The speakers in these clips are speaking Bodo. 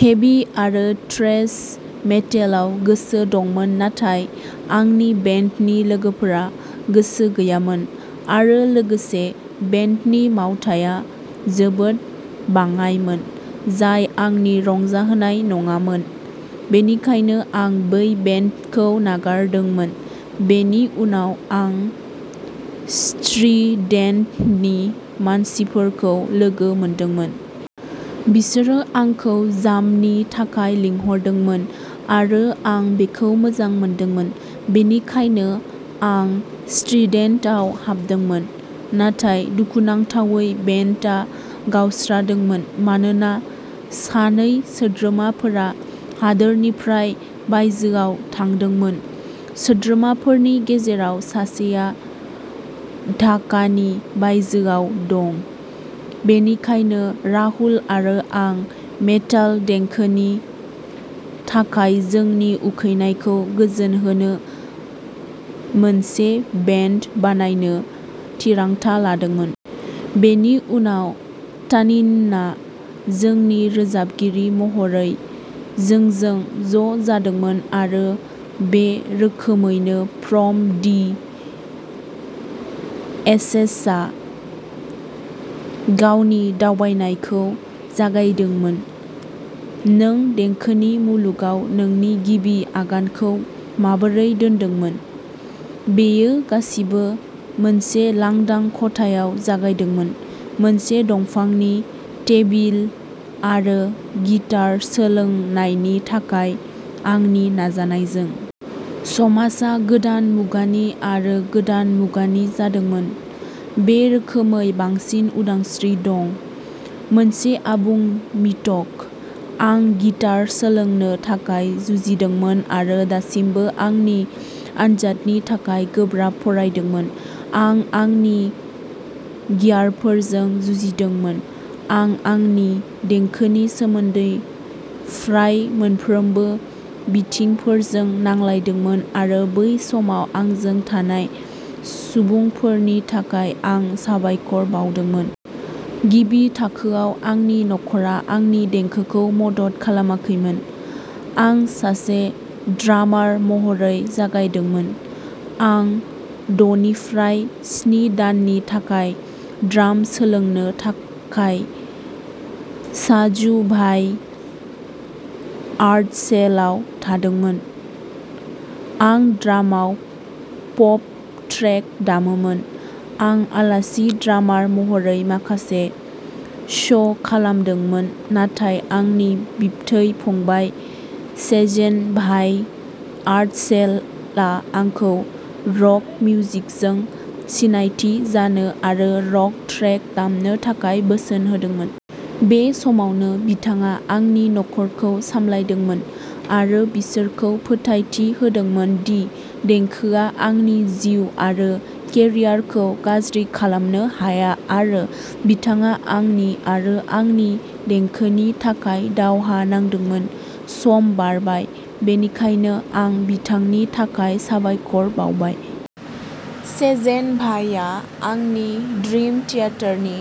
हेभि आरो थ्रेश मेटालआव गोसो दंमोन नाथाय आंनि बेन्डनि लोगोफोरा गोसो गैयामोन, आरो लोगोसे, बेन्डनि मावथाया जोबोद बाङाइमोन, जाय आंनो रंजाहोनाय नङामोन। बेनिखायनो, आं बै बेन्डखौ नागारदोंमोन। बेनि उनाव, आं स्ट्रिडेन्टनि मानसिफोरखौ लोगो मोनदोंमोन। बिसोरो आंखौ जामनि थाखाय लिंहरदोंमोन, आरो आं बेखौ मोजां मोनदोंमोन। बेनिखायनो, आं स्ट्रिडेन्टआव हाबदोंमोन, नाथाय दुखुनांथावै बेन्डआ गावस्रादोंमोन मानोना सानै सोद्रोमाफोरा हादोरनिफ्राय बायजोआव थांदोंमोन। सोद्रोमाफोरनि गेजेराव सासेआ ढाकानि बायजोआव दं। बेनिखायनो, राहुल आरो आं मेटाल देंखोनि थाखाय जोंनि उखैनायखौ गोजोनहोनो मोनसे बेन्ड बानायनो थिरांथा लादोंमोन। बेनि उनाव तानिनआ जोंनि रोजाबगिरि महरै जोंजों ज'जादोंमोन आरो बे रोखोमैनो फ्रम दि एशेसआ गावनि दावबायनायखौ जागायदोंमोन। नों देंखोनि मुलुगाव नोंनि गिबि आगानखौ माबोरै दोनदोंमोन? बेयो गासिबो मोनसे लांदां खथायाव जागायदोंमोन, मोनसे दंफांनि टेबोल आरो गिटार सोलोंनायनि थाखाय आंनि नाजानायजों। समाजआ गोदान मुगानि आरो गोदान मुगानि जादोंमोन। बे रोखोमै बांसिन उदांस्रि दं, मोनसे आबुं मिथक। आं गिटार सोलोंनो थाखाय जुजिदोंमोन आरो दासिमबो आंनि आनजादनि थाखाय गोब्राब फरायदोंमोन। आं आंनि गियारफोरजों जुजिदोंमोन। आं आंनि देंखोनि सोमोन्दै फ्राय मोनफ्रोमबो बिथिंफोरजों नांलायदोंमोन आरो बै समाव आंजों थानाय सुबुंफोरनि थाखाय आं साबायखर बावदोंमोन। गिबि थाखोआव, आंनि नखरा आंनि देंखोखौ मदद खालामाखैमोन। आं सासे ड्रामार महरै जागायदोंमोन। आं द'निफ्राय स्नि दाननि थाखाय ड्राम सोलोंनो थाखाय शाजु भाइ आर्टसेल आव थांदोंमोन। आं ड्रामाव पप ट्रेक दामोमोन। आं आलासि ड्रामार महरै माखासे श'खालामदोंमोन नाथाय आंनि बिबथै फंबाय, सेजेन भाई आर्टसेल आ आंखौ रक मिउजिकजों सिनायथि जानो आरो रक ट्रेक दामनो थाखाय बोसोन होदोंमोन। बे समावनो, बिथाङा आंनि नखरखौ सामलायदोंमोन आरो बिसोरखौ फोथायथि होदोंमोन दि देंखोआ आंनि जिउ आरो केरियारखौ गाज्रि खालामनो हाया आरो बिथाङा आंनि आरो आंनि देंखोनि थाखाय दावहा नांदोंमोन। सम बारबाय। बेनिखायनो, आं बिथांनि थाखाय साबायखर बावबाय। सेजेन भायआ आंनो ड्रिम थियेटारनि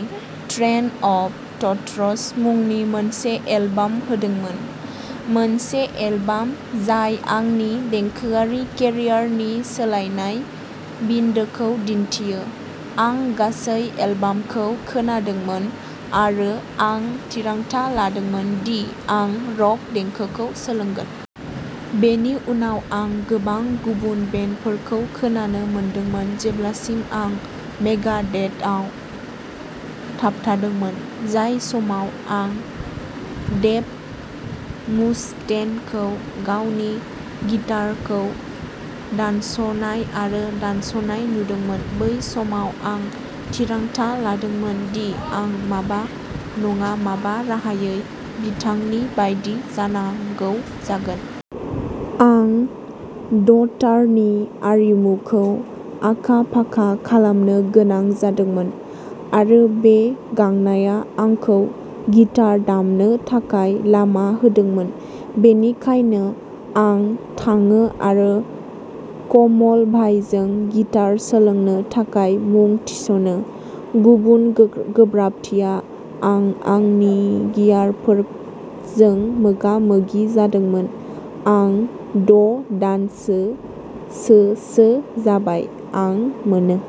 "ट्रेन अफ थट्स मुंनि मोनसे एलबाम होदोंमोन-मोनसे एलबाम जाय आंनि देंखोआरि केरियारनि सोलायनाय बिन्दोखौ दिन्थियो। आं गासै एलबामखौ खोनादोंमोन आरो आं थिरांथा लादोंमोन दि आं रक देंखोखौ सोलोंगोन। बेनि उनाव आं गोबां गुबुन बेन्डफोरखौ खोनानो मोनदोंमोन जेब्लासिम आं मेगाडेथआव थाबथादोंमोन। जाय समाव आं डेभ मुस्टेनखौ गावनि गिटारखौ दानस'नाय आरो दानस'नाय नुदोंमोन, बै समाव आं थिरांथा लादोंमोन दि आं माबा नङा माबा राहायै बिथांनि बायदि जानांगौ जागोन। आं द'तारनि आरिमुखौ आखा-फाखा खालामनो गोनां जादोंमोन, आरो बे गांनाया आंखौ गिटार दामनो थाखाय लामा होदोंमोन। बेनिखायनो, आं थाङो आरो कमल भायजों गिटार सोलोंनो थाखाय मुं थिसनो। गुबुन गोब्राबथिया आं आंनि गियारफोरजों मोगा-मोगि जादोंमोन। आं द'दानसोसोसो जाबाय। आं मोनो।